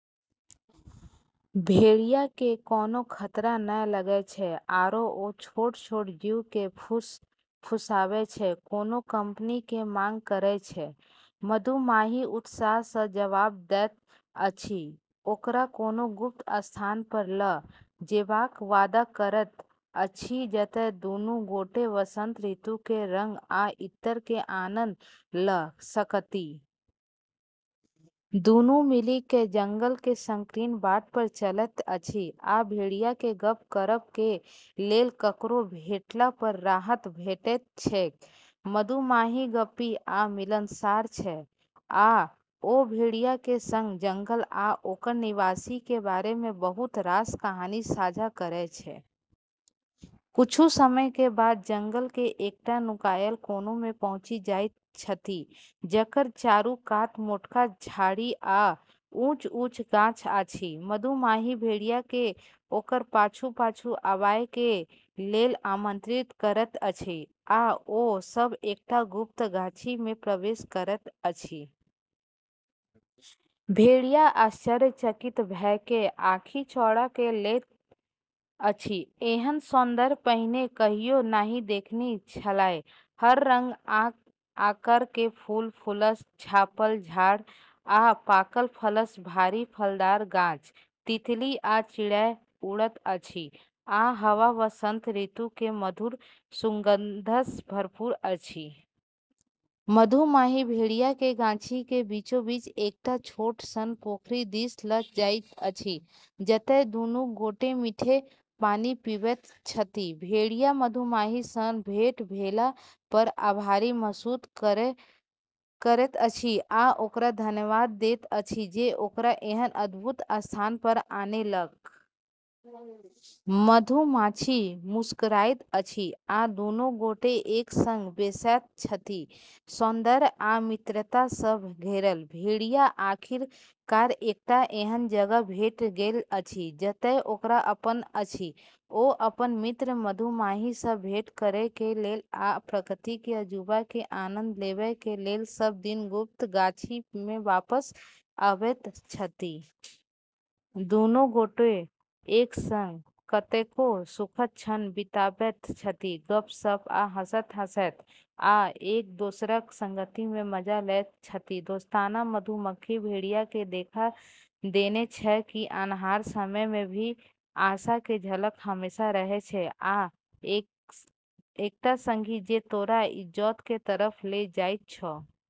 भेड़िया केँ कोनो खतरा नै लगै छै, आरो ओ छोट-छोट जीव केँ फुसफुसाबै छै, कोनो कंपनी के मांग करै छै। मधुमाछी उत्साह सँ जवाब दैत अछि, ओकरा कोनो गुप्त स्थान पर ल' जेबाक वादा करैत अछि जतय दुनू गोटे वसंत ऋतु के रंग आ इत्र के आनंद ल' सकथि। दुनू मिलि क' जंगल के संकीर्ण बाट पर चलैत अछि, आ भेड़िया केँ गप्प करब के लेल ककरो भेटला पर राहत भेटैत छैक। मधुमाछी गप्पी आ मिलनसार छै, आ ओ भेड़िया के संग जंगल आ ओकर निवासी के बारे में बहुत रास कहानी साझा करै छै। किछु समय के बाद जंगल के एकटा नुकायल कोना में पहुँचि जाइत छथि, जकर चारू कात मोटका झाड़ी आ ऊँच-ऊँच गाछ अछि। मधुमाछी भेड़िया के ओकर पाछू-पाछू आबय के लेल आमंत्रित करैत अछि, आ ओ सभ एकटा गुप्त गाछी में प्रवेश करैत अछि। भेड़िया आश्चर्यचकित भ' कऽ आँखि चौड़ा क' लैत अछि। एहन सौन्दर्य पहिने कहियो नहि देखने छलाह। हर रंग आ आकार के फूल, फूलसँ झाँपल झाड़, आ पाकल फलसँ भारी फलदार गाछ। तितली आ चिड़ै उड़ैत अछि, आ हवा वसंत ऋतु के मधुर सुगंधसँ भरपूर अछि। मधुमाछी भेड़िया के गाछी के बीचोबीच एकटा छोट सन पोखरि दिस लऽ जाइत अछि, जतय दुनू गोटे मीठ पानि पीबैत छथि। भेड़िया मधुमाछी सँ भेंट भेला पर आभारी महसूस करैत अछि, आ ओकरा धन्यवाद दैत अछि जे ओकरा एहन अद्भुत स्थान पर आनेलक। मधुमाछी मुस्कुराइत अछि, आ दुनू गोटे एक संग बैसैत छथि, सौन्दर्य आ मित्रता सँ घेरल। भेड़िया आखिरकार एकटा एहन जगह भेट गेल अछि जतय ओकर अपन अछि। ओ अपन मित्र मधुमाछी सँ भेंट करय के लेल आ प्रकृति के अजूबा के आनंद लेबय के लेल सब दिन गुप्त गाछी में वापस अबैत छथि। दुनू गोटे एक संग कतेको सुखद क्षण बिताबैत छथि, गप्प-सप्प आ हँसैत-हँसैत, आ एक-दोसरक संगति में मजा लैत छथि। दोस्ताना मधुमक्खी भेड़िया के देखा देने छै कि अन्हार समय में भी आशा के झलक हमेशा रहै छै आ एक टा संगी जे तोरा इजोत के तरफ ल' जाइत छौ।